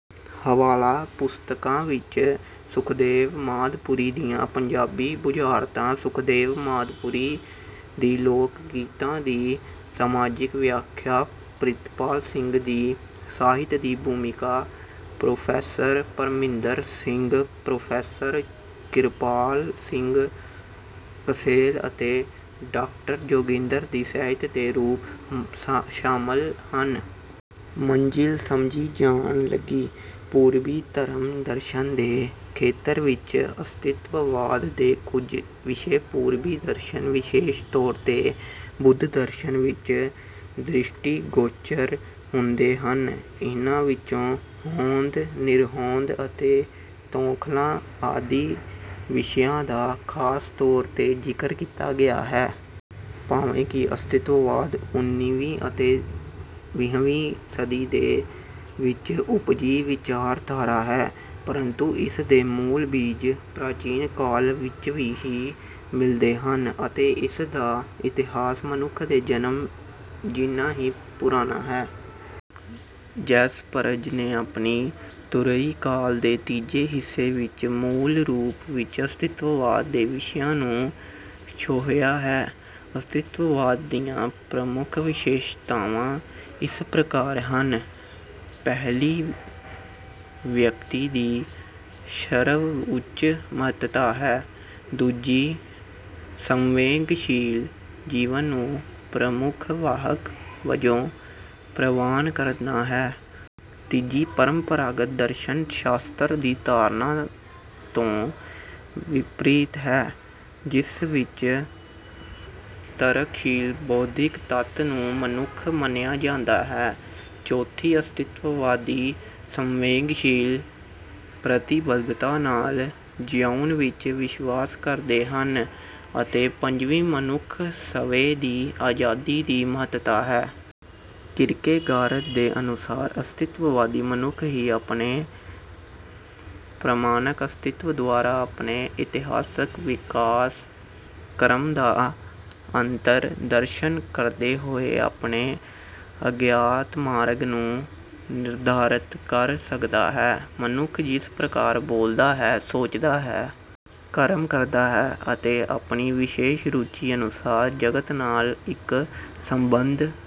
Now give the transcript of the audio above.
ਹਵਾਲਾ ਪੁਸਤਕਾਂ ਵਿੱਚ ਸੁਖਦੇਵ ਮਾਦਪੁਰੀ ਦੀਆਂ ਪੰਜਾਬੀ ਬੁਝਾਰਤਾਂ, ਸੁਖਦੇਵ ਮਾਦਪੁਰੀ ਦੀ ਲੋਕ ਗੀਤਾਂ ਦੀ ਸਮਾਜਿਕ ਵਿਆਖਿਆ, ਪ੍ਰਿਤਪਾਲ ਸਿੰਘ ਦੀ ਸਾਹਿਤ ਦੀ ਭੂਮਿਕਾ, ਪ੍ਰੋਫੈਸਰ ਪ੍ਰਮਿੰਦਰ ਸਿੰਘ, ਪ੍ਰੋਫੈਸਰ ਕਿਰਪਾਲ ਸਿੰਘ ਕਸੇਲ ਅਤੇ ਡਾਕਟਰ ਜੋਗਿੰਦਰ ਦੀ ਸਾਹਿਤ ਦੇ ਰੂਪ ਸ਼ਾਮਲ ਹਨ। ਮੰਜ਼ਿਲ ਸਮਝੀ ਜਾਣ ਲੱਗੀ। ਪੂਰਬੀ ਧਰਮ ਦਰਸ਼ਨ ਦੇ ਖੇਤਰ ਵਿੱਚ ਅਸਤਿਤਵਾਦ ਦੇ ਕੁਝ ਵਿਸ਼ੇ ਪੂਰਬੀ ਦਰਸ਼ਨ, ਵਿਸ਼ੇਸ਼ ਤੌਰ ਤੇ ਬੁੱਧ ਦਰਸ਼ਨ ਵਿੱਚ ਦ੍ਰਿਸ਼ਟੀਗੋਚਰ ਹੁੰਦੇ ਹਨ। ਇਨ੍ਹਾਂ ਵਿੱਚੋਂ ਹੋਂਦ, ਨਿਰਹੋਂਦ ਅਤੇ ਤੌਖਲਾ ਆਦਿ ਵਿਸ਼ਿਆਂ ਦਾ ਖਾਸ ਤੌਰ ਤੇ ਜ਼ਿਕਰ ਕੀਤਾ ਗਿਆ ਹੈ। ਭਾਵੇਂ ਕਿ ਅਸਤਿਤਵਾਦ ਉੱਨੀਵੀਂ ਅਤੇ ਵੀਹਵੀਂ ਸਦੀ ਦੇ ਵਿੱਚ ਉਪਜੀ ਵਿਚਾਰਧਾਰਾ ਹੈ, ਪਰੰਤੂ ਇਸ ਦੇ ਮੂਲ ਬੀਜ ਪ੍ਰਾਚੀਨ ਕਾਲ ਵਿੱਚ ਹੀ ਮਿਲਦੇ ਹਨ। ਅਤੇ ਇਸ ਦਾ ਇਤਿਹਾਸ ਮਨੁੱਖ ਦੇ ਜਨਮ ਜਿੰਨਾ ਹੀ ਪੁਰਾਣਾ ਹੈ। ਜੈਸਪਰਜ਼ ਨੇ ਆਪਣੇ ਧੁਰਈ ਕਾਲ ਦੇ ਤੀਜੇ ਹਿੱਸੇ ਵਿੱਚ ਮੂਲ ਰੂਪ ਵਿੱਚ ਅਸਤਿਤਵਾਦ ਦੇ ਵਿਸ਼ਿਆਂ ਨੂੰ ਛੋਹਿਆ ਹੈ। ਅਸਤਿਤਵਾਦ ਦੀਆਂ ਪ੍ਰਮੁੱਖ ਵਿਸ਼ੇਸ਼ਤਾਵਾਂ ਇਸ ਪ੍ਰਕਾਰ ਹਨ। ਪਹਿਲੀ ਵਿਅਕਤੀ ਦੀ ਸਰਵ ਉੱਚ ਮਹੱਤਤਾ ਹੈ। ਦੂਜੀ ਸੰਵੇਗਸ਼ੀਲ ਜੀਵਨ ਨੂੰ ਪ੍ਰਮੁੱਖ ਵਾਹਕ ਵਜੋਂ ਪ੍ਰਵਾਨ ਕਰਨਾ ਹੈ। ਤੀਜੀ ਪਰੰਪਰਾਗਤ ਦਰਸ਼ਨ ਸ਼ਾਸਤਰ ਦੀ ਧਾਰਨਾ ਤੋਂ ਵਿਪਰੀਤ ਹੈ, ਜਿਸ ਵਿੱਚ ਤਰਕਸ਼ੀਲ ਬੌਧਿਕ ਤੱਤ ਨੂੰ ਮਨੁੱਖ ਮੰਨਿਆ ਜਾਂਦਾ ਹੈ। ਚੌਥੀ ਅਸਤਿਤਵਵਾਦੀ ਸੰਵੇਗਸ਼ੀਲ ਪ੍ਰਤੀਬੱਧਤਾ ਨਾਲ ਜਿਊਣ ਵਿੱਚ ਵਿਸ਼ਵਾਸ ਕਰਦੇ ਹਨ। ਅਤੇ ਪੰਜਵੀਂ ਮਨੁੱਖ ਸਵੈ ਦੀ ਆਜ਼ਾਦੀ ਦੀ ਮਹੱਤਤਾ ਹੈ। ਕਿਰਕੇਗਾਰਦ ਦੇ ਅਨੁਸਾਰ ਅਸਤਿਤਵਾਦੀ ਮਨੁੱਖ ਹੀ ਆਪਣੇ ਪ੍ਰਮਾਣਕ ਅਸਤਿਤਵ ਦੁਆਰਾ, ਆਪਣੇ ਇਤਿਹਾਸਕ ਵਿਕਾਸਕ੍ਰਮ ਦਾ ਅੰਤਰ ਦਰਸ਼ਨ ਕਰਦੇ ਹੋਏ, ਆਪਣੇ ਅਗਿਆਤ ਮਾਰਗ ਨੂੰ ਨਿਰਧਾਰਤ ਕਰ ਸਕਦਾ ਹੈ। ਮਨੁੱਖ ਜਿਸ ਪ੍ਰਕਾਰ ਬੋਲਦਾ ਹੈ, ਸੋਚਦਾ ਹੈ, ਕਰਮ ਕਰਦਾ ਹੈ ਅਤੇ ਆਪਣੀ ਵਿਸ਼ੇਸ਼ ਰੁਚੀ ਅਨੁਸਾਰ ਜਗਤ ਨਾਲ ਇੱਕ ਸੰਬੰਧ